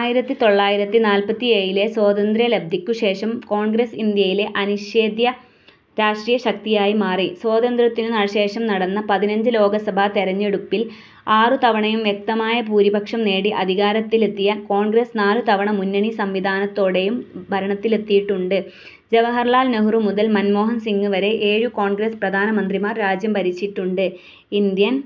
ആയിരത്തി തൊള്ളായിരത്തി നാല്പത്തിയേഴിലെ സ്വാതന്ത്ര്യലബ്ധിക്കു ശേഷം കോൺഗ്രസ് ഇന്ത്യയിലെ അനിഷേധ്യ രാഷ്ട്രീയ ശക്തിയായി മാറി. സ്വാതന്ത്ര്യത്തിനു ശേഷം നടന്ന പതിനഞ്ച് ലോകസഭാ തിരഞ്ഞെടുപ്പിൽ ആറു തവണയും വ്യക്തമായ ഭൂരിപക്ഷം നേടി അധികാരത്തിലെത്തിയ കോൺഗ്രസ് നാലു തവണ മുന്നണി സംവിധാനത്തോടെയും ഭരണത്തിലെത്തിയിട്ടുണ്ട്. ജവഹർലാൽ നെഹ്രു മുതൽ മൻമോഹൻ സിംഗ് വരെ ഏഴു കോൺഗ്രസ് പ്രധാനമന്ത്രിമാർ രാജ്യം ഭരിച്ചിട്ടുണ്ട്. ഇന്ത്യൻ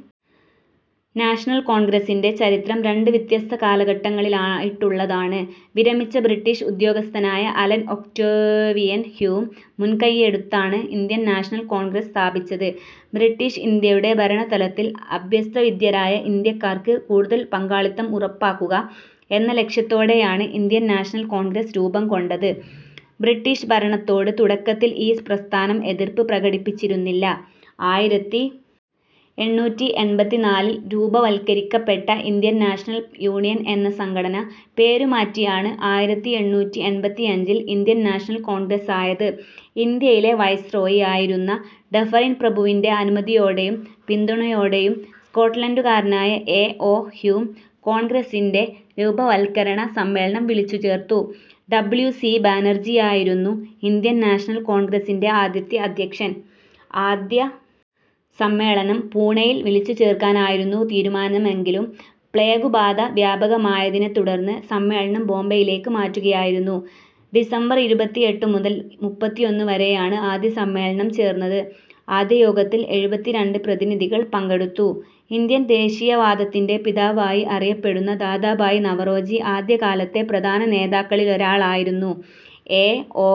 നാഷണൽ കോൺഗ്രസ്സിൻ്റെ ചരിത്രം രണ്ട് വ്യത്യസ്ത കാലഘട്ടങ്ങളായിട്ടുള്ളതാണ്. വിരമിച്ച ബ്രിട്ടീഷ് ഉദ്യോഗസ്ഥനായ അലൻ ഒക്ടേവിയൻ ഹ്യൂം മുൻകൈയെടുത്താണ് ഇന്ത്യൻ നാഷണൽ കോൺഗ്രസ് സ്ഥാപിച്ചത്. ബ്രിട്ടീഷ് ഇന്ത്യയുടെ ഭരണതലത്തിൽ അഭ്യസ്തവിദ്യരായ ഇന്ത്യക്കാർക്ക് കൂടുതൽ പങ്കാളിത്തം ഉറപ്പാക്കുക എന്ന ലക്ഷ്യത്തോടെയാണ് ഇന്ത്യൻ നാഷണൽ കോൺഗ്രസ് രൂപംകൊണ്ടത്. ബ്രിട്ടീഷ് ഭരണത്തോട് തുടക്കത്തിൽ ഈ പ്രസ്ഥാനം എതിർപ്പ് പ്രകടിപ്പിച്ചിരുന്നില്ല. ആയിരത്തി എണ്ണൂറ്റി എൺപത്തിനാലിൽ രൂപവൽക്കരിക്കപ്പെട്ട ഇന്ത്യൻ നാഷണൽ യൂണിയൻ എന്ന സംഘടന പേരുമാറ്റിയാണ് ആയിരത്തി എണ്ണൂറ്റി എൺപത്തിയഞ്ചിൽ ഇന്ത്യൻ നാഷണൽ കോൺഗ്രസായത്. ഇന്ത്യയിലെ വൈസ്രോയ് ആയിരുന്ന ഡഫറിൻ പ്രഭുവിൻ്റെ അനുമതിയോടെയും പിന്തുണയോടെയും സ്കോട്ട്ലൻഡുകാരനായ ഏ. ഓ. ഹ്യൂം കോൺഗ്രസിൻ്റെ രൂപവത്കരണ സമ്മേളനം വിളിച്ചുചേർത്തു. ഡബ്ല്യു. സി. ബാനർജിയായിരുന്നു ഇന്ത്യൻ നാഷണൽ കോൺഗ്രസിൻ്റെ ആദ്യത്തെ അധ്യക്ഷൻ. ആദ്യ സമ്മേളനം പുണെയിൽ വിളിച്ചുചേർക്കാനായിരുന്നു തീരുമാനമെങ്കിലും പ്ലേഗുബാധ വ്യാപകമായതിനെത്തുടർന്ന് സമ്മേളനം ബോംബെയിലേക്ക് മാറ്റുകയായിരുന്നു. ഡിസംബർ ഇരുപത്തിയെട്ടു മുതൽ മുപ്പത്തിയൊന്ന് വരെയാണ് ആദ്യ സമ്മേളനം ചേർന്നത്. ആദ്യ യോഗത്തിൽ എഴുപത്തിരണ്ട് പ്രതിനിധികൾ പങ്കെടുത്തു. ഇന്ത്യൻ ദേശീയവാദത്തിൻ്റെ പിതാവായി അറിയപ്പെടുന്ന ദാദാഭായി നവറോജി ആദ്യകാലത്തെ പ്രധാന നേതാക്കളിലൊരാളായിരുന്നു. ഏ. ഓ.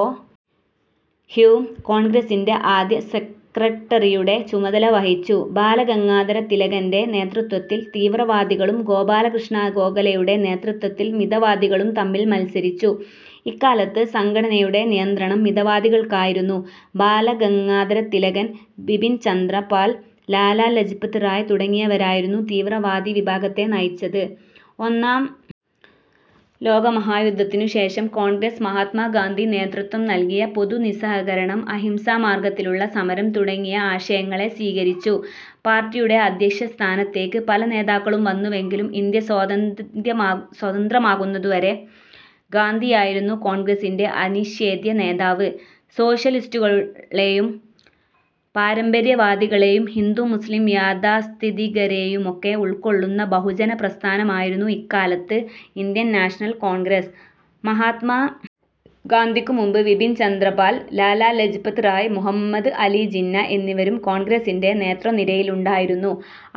ഹ്യൂം കോൺഗ്രസിൻ്റെ ആദ്യ സെക്രട്ടറിയുടെ ചുമതല വഹിച്ചു. ബാല ഗംഗാധര തിലകൻ്റെ നേതൃത്വത്തിൽ തീവ്രവാദികളും ഗോപാലകൃഷ്ണ ഗോഖലെയുടെ നേതൃത്വത്തിൽ മിതവാദികളും തമ്മിൽ മത്സരിച്ചു. ഇക്കാലത്ത് സംഘടനയുടെ നിയന്ത്രണം മിതവാദികൾക്കായിരുന്നു. ബാല ഗംഗാധര തിലകൻ, ബിപിൻ ചന്ദ്ര പാൽ, ലാലാ ലജ്പത് റായ് തുടങ്ങിയവരായിരുന്നു തീവ്രവാദി വിഭാഗത്തെ നയിച്ചത്. ഒന്നാം ലോകമഹായുദ്ധത്തിനു ശേഷം കോൺഗ്രസ് മഹാത്മാ ഗാന്ധി നേതൃത്വം നൽകിയ പൊതു നിസ്സഹകരണം, അഹിംസാ മാർഗത്തിലുള്ള സമരം തുടങ്ങിയ ആശയങ്ങളെ സ്വീകരിച്ചു. പാർട്ടിയുടെ അധ്യക്ഷ സ്ഥാനത്തേക്ക് പല നേതാക്കളും വന്നുവെങ്കിലും ഇന്ത്യ സ്വതന്ത്രമാകുന്നതുവരെ ഗാന്ധിയായിരുന്നു കോൺഗ്രസിൻ്റെ അനിഷേധ്യ നേതാവ്. സോഷ്യലിസ്റ്റുകളെയും പാരമ്പര്യവാദികളെയും ഹിന്ദു മുസ്ലിം യാഥാസ്ഥിതികരെയുമൊക്കെ ഉൾക്കൊള്ളുന്ന ബഹുജന പ്രസ്ഥാനമായിരുന്നു ഇക്കാലത്ത് ഇന്ത്യൻ നാഷണൽ കോൺഗ്രസ്. മഹാത്മാ ഗാന്ധിക്കു മുൻപ് ബിപിൻ ചന്ദ്ര പാൽ, ലാലാ ലജ്പത് റായ്, മുഹമ്മദ് അലി ജിന്ന എന്നിവരും കോൺഗ്രസിൻ്റെ നേതൃനിരയിലുണ്ടായിരുന്നു.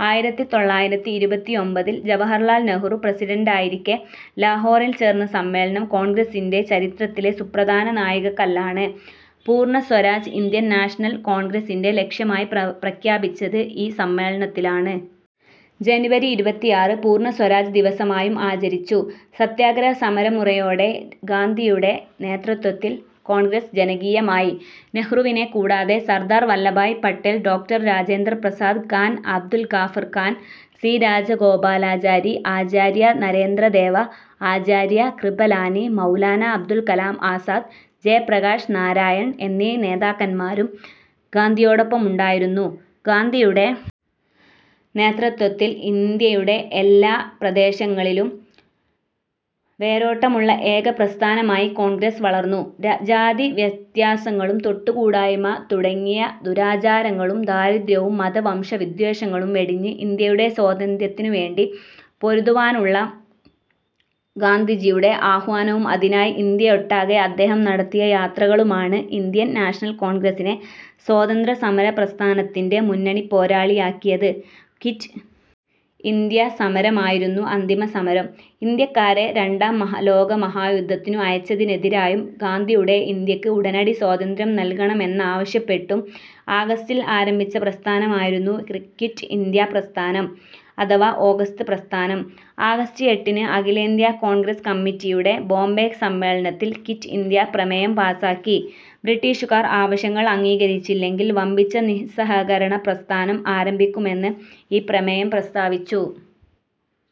ആയിരത്തി തൊള്ളായിരത്തി ഇരുപത്തിയൊൻപതിൽ ജവഹർലാൽ നെഹ്രു പ്രസിഡന്റായിരിക്കെ ലാഹോറിൽ ചേർന്ന സമ്മേളനം കോൺഗ്രസിൻ്റെ ചരിത്രത്തിലെ സുപ്രധാന നാഴികക്കല്ലാണ്. പൂർണ്ണ സ്വരാജ് ഇന്ത്യൻ നാഷണൽ കോൺഗ്രസിൻ്റെ ലക്ഷ്യമായി പ്രഖ്യാപിച്ചത് ഈ സമ്മേളനത്തിലാണ്. ജനുവരി ഇരുപത്തിയാറ് പൂർണ്ണ സ്വരാജ് ദിവസമായും ആചരിച്ചു. സത്യാഗ്രഹ സമരമുറയോടെ ഗാന്ധിയുടെ നേതൃത്വത്തിൽ കോൺഗ്രസ് ജനകീയമായി. നെഹ്രുവിനെക്കൂടാതെ സർദാർ വല്ലഭായി പട്ടേൽ, ഡോക്ടർ രാജേന്ദ്ര പ്രസാദ്, ഖാൻ അബ്ദുൽ ഗാഫർ ഖാൻ, സി. രാജഗോപാലാചാരി, ആചാര്യ നരേന്ദ്രദേവ, ആചാര്യ കൃപലാനി, മൗലാനാ അബ്ദുൽ കലാം ആസാദ്, ജയപ്രകാശ് നാരായൺ എന്നീ നേതാക്കന്മാരും ഗാന്ധിയോടൊപ്പമുണ്ടായിരുന്നു. ഗാന്ധിയുടെ നേതൃത്വത്തിൽ ഇന്ത്യയുടെ എല്ലാ പ്രദേശങ്ങളിലും വേരോട്ടമുള്ള ഏക പ്രസ്ഥാനമായി കോൺഗ്രസ് വളർന്നു. ജാതിവ്യത്യാസങ്ങളും തൊട്ടുകൂടായ്മ തുടങ്ങിയ ദുരാചാരങ്ങളും ദാരിദ്ര്യവും മത വംശ വിദ്വേഷങ്ങളും വെടിഞ്ഞ് ഇന്ത്യയുടെ സ്വാതന്ത്ര്യത്തിനുവേണ്ടി പൊരുതുവാനുള്ള ഗാന്ധിജിയുടെ ആഹ്വാനവും അതിനായി ഇന്ത്യയൊട്ടാകെ അദ്ദേഹം നടത്തിയ യാത്രകളുമാണ് ഇന്ത്യൻ നാഷണൽ കോൺഗ്രസിനെ സ്വാതന്ത്ര്യസമര പ്രസ്ഥാനത്തിൻ്റെ മുന്നണിപ്പോരാളിയാക്കിയത്. Quit India സമരമായിരുന്നു അന്തിമസമരം. ഇന്ത്യക്കാരെ രണ്ടാം ലോകമഹായുദ്ധത്തിനു അയച്ചതിനെതിരായും ഗാന്ധിയുടെ ഇന്ത്യയ്ക്ക് ഉടനടി സ്വാതന്ത്ര്യം നൽകണമെന്നാവശ്യപ്പെട്ടും ആഗസ്റ്റിൽ ആരംഭിച്ച പ്രസ്ഥാനമായിരുന്നു ക്വിറ്റ് ഇന്ത്യാ പ്രസ്ഥാനം അഥവാ ഓഗസ്റ്റ് പ്രസ്ഥാനം. ആഗസ്റ്റ് എട്ടിന് അഖിലേന്ത്യാ കോൺഗ്രസ് കമ്മിറ്റിയുടെ ബോംബെ സമ്മേളനത്തിൽ ക്വിറ്റ് ഇന്ത്യാ പ്രമേയം പാസാക്കി. ബ്രിട്ടീഷുകാർ ആവശ്യങ്ങൾ അംഗീകരിച്ചില്ലെങ്കിൽ വമ്പിച്ച നിസ്സഹകരണ പ്രസ്ഥാനം ആരംഭിക്കുമെന്ന് ഈ പ്രമേയം പ്രസ്താവിച്ചു.